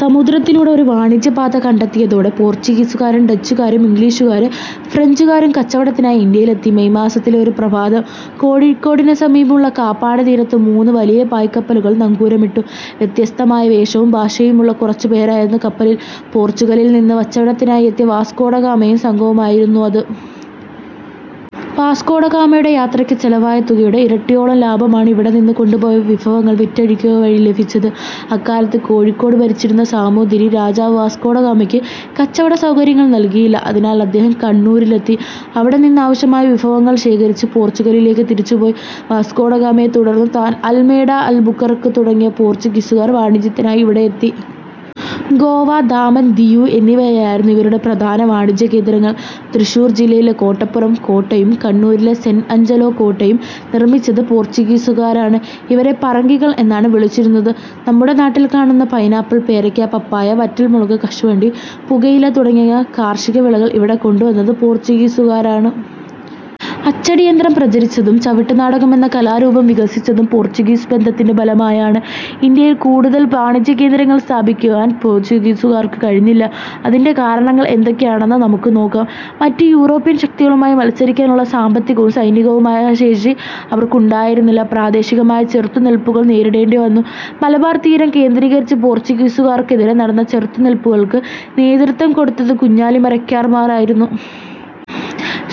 സമുദ്രത്തിലൂടെ ഒരു വാണിജ്യപാത കണ്ടെത്തിയതോടെ പോർച്ചുഗീസുകാരും ഡച്ചുകാരും ഇംഗ്ലീഷുകാരും ഫ്രഞ്ചുകാരും കച്ചവടത്തിനായി ഇന്ത്യയിലെത്തി. മേയ് മാസത്തിലെ ഒരു പ്രഭാതം. കോഴിക്കോടിനു സമീപമുള്ള കാപ്പാട് തീരത്ത് മൂന്ന് വലിയ പായ്ക്കപ്പലുകൾ നങ്കൂരമിട്ടു. വ്യത്യസ്തമായ വേഷവും ഭാഷയുമുള്ള കുറച്ചു പേരായിരുന്നു കപ്പലിൽ. പോർച്ചുഗലിൽ നിന്ന് കച്ചവടത്തിനായി എത്തിയ വാസ്കോഡഗാമയും സംഘവുമായിരുന്നു അത്. വാസ്കോഡഗാമയുടെ യാത്രയ്ക്ക് ചെലവായ തുകയുടെ ഇരട്ടിയോളം ലാഭമാണ് ഇവിടെനിന്ന് കൊണ്ടുപോയ വിഭവങ്ങൾ വിറ്റഴിക്കുക വഴി ലഭിച്ചത്. അക്കാലത്ത് കോഴിക്കോട് ഭരിച്ചിരുന്ന സാമൂതിരി രാജാവ് വാസ്കോഡഗാമയ്ക്ക് കച്ചവടസൗകര്യങ്ങൾ നൽകിയില്ല. അതിനാൽ അദ്ദേഹം കണ്ണൂരിലെത്തി. അവിടെനിന്ന് ആവശ്യമായ വിഭവങ്ങൾ ശേഖരിച്ച് പോർച്ചുഗലിലേക്ക് തിരിച്ചുപോയി. വാസ്കോഡഗാമയെ തുടർന്ന് അൽമേഡ, അൽബുക്കർക്ക് തുടങ്ങിയ പോർച്ചുഗീസുകാർ വാണിജ്യത്തിനായി ഇവിടെയെത്തി. ഗോവ, ദാമൻ, ദിയു എന്നിവയായിരുന്നു ഇവരുടെ പ്രധാന വാണിജ്യകേന്ദ്രങ്ങൾ. തൃശൂർ ജില്ലയിലെ കോട്ടപ്പുറം കോട്ടയും കണ്ണൂരിലെ സെന്റ് ആഞ്ചലോ കോട്ടയും നിർമ്മിച്ചത് പോർച്ചുഗീസുകാരാണ്. ഇവരെ "പറങ്കികൾ" എന്നാണ് വിളിച്ചിരുന്നത്. നമ്മുടെ നാട്ടിൽ കാണുന്ന പൈനാപ്പിൾ, പേരയ്ക്ക, പപ്പായ, വറ്റൽമുളക്, കശുവണ്ടി, പുകയില തുടങ്ങിയ കാർഷിക വിളകൾ ഇവിടെ കൊണ്ടുവന്നത് പോർച്ചുഗീസുകാരാണ്. അച്ചടിയന്ത്രം പ്രചരിച്ചതും ചവിട്ടുനാടകം എന്ന കലാരൂപം വികസിച്ചതും പോർച്ചുഗീസ് ബന്ധത്തിന്റെ ഫലമായാണ്. ഇന്ത്യയിൽ കൂടുതൽ വാണിജ്യകേന്ദ്രങ്ങൾ സ്ഥാപിക്കാൻ പോർച്ചുഗീസുകാർക്ക് കഴിഞ്ഞില്ല. അതിന്റെ കാരണങ്ങൾ എന്തൊക്കെയാണെന്ന് നമുക്ക് നോക്കാം. മറ്റ് യൂറോപ്യൻ ശക്തികളുമായി മത്സരിക്കാനുള്ള സാമ്പത്തികവും സൈനികവുമായ ശേഷി അവർക്കുണ്ടായിരുന്നില്ല. പ്രാദേശികമായ ചെറുത്തു നിൽപ്പുകൾ നേരിടേണ്ടിവന്നു. മലബാർ തീരം കേന്ദ്രീകരിച്ച് പോർച്ചുഗീസുകാർക്കെതിരെ നടന്ന ചെറുത്തുനിൽപ്പുകൾക്ക് നേതൃത്വം കൊടുത്തത് കുഞ്ഞാലിമരയ്ക്കാർമാർ ആയിരുന്നു.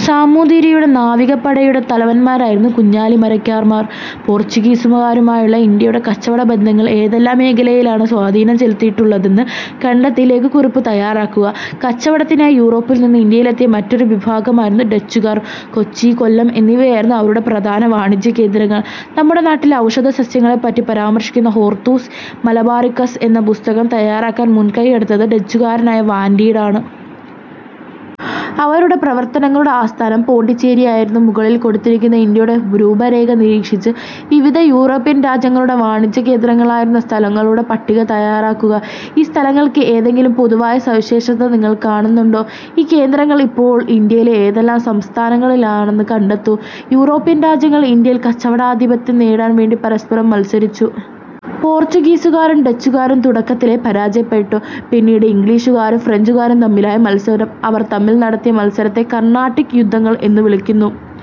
സാമൂതിരിയുടെ നാവിക പടയുടെ തലവന്മാരായിരുന്നു കുഞ്ഞാലിമരയ്ക്കാർമാർ. പോർച്ചുഗീസുകാരുമായുള്ള ഇന്ത്യയുടെ കച്ചവടബന്ധങ്ങൾ ഏതെല്ലാം മേഖലയിലാണ് സ്വാധീനം ചെലുത്തിയിട്ടുള്ളതെന്ന് കണ്ടെത്തി ലഘുകുറിപ്പ് തയ്യാറാക്കുക. കച്ചവടത്തിനായി യൂറോപ്പിൽനിന്ന് ഇന്ത്യയിലെത്തിയ മറ്റൊരു വിഭാഗമായിരുന്നു ഡച്ചുകാർ. കൊച്ചി, കൊല്ലം എന്നിവയായിരുന്നു അവരുടെ പ്രധാന വാണിജ്യകേന്ദ്രങ്ങൾ. നമ്മുടെ നാട്ടിലെ ഔഷധസസ്യങ്ങളെപ്പറ്റി പരാമർശിക്കുന്ന ഹോർത്തൂസ് മലബാറിക്കസ് എന്ന പുസ്തകം തയ്യാറാക്കാൻ മുൻകൈയെടുത്തത് ഡച്ചുകാരനായ വാന്റീഡ് ആണ്. അവരുടെ പ്രവർത്തനങ്ങളുടെ ആസ്ഥാനം പോണ്ടിച്ചേരി ആയിരുന്നു. മുകളിൽ കൊടുത്തിരിക്കുന്ന ഇന്ത്യയുടെ രൂപരേഖ നിരീക്ഷിച്ച് വിവിധ യൂറോപ്യൻ രാജ്യങ്ങളുടെ വാണിജ്യകേന്ദ്രങ്ങളായിരുന്ന സ്ഥലങ്ങളുടെ പട്ടിക തയ്യാറാക്കുക. ഈ സ്ഥലങ്ങൾക്ക് ഏതെങ്കിലും പൊതുവായ സവിശേഷത നിങ്ങൾ കാണുന്നുണ്ടോ? ഈ കേന്ദ്രങ്ങൾ ഇപ്പോൾ ഇന്ത്യയിലെ ഏതെല്ലാം സംസ്ഥാനങ്ങളിലാണെന്ന് കണ്ടെത്തു. യൂറോപ്യൻ രാജ്യങ്ങൾ ഇന്ത്യയിൽ കച്ചവടാധിപത്യം നേടാൻ വേണ്ടി പരസ്പരം മത്സരിച്ചു. പോർച്ചുഗീസുകാരും ഡച്ചുകാരും തുടക്കത്തിലേ പരാജയപ്പെട്ടു. പിന്നീട്, ഇംഗ്ലീഷുകാരും ഫ്രഞ്ചുകാരും തമ്മിലായി മത്സരം. അവർ തമ്മിൽ നടത്തിയ മത്സരത്തെ കർണാട്ടിക് യുദ്ധങ്ങൾ എന്നു വിളിക്കുന്നു.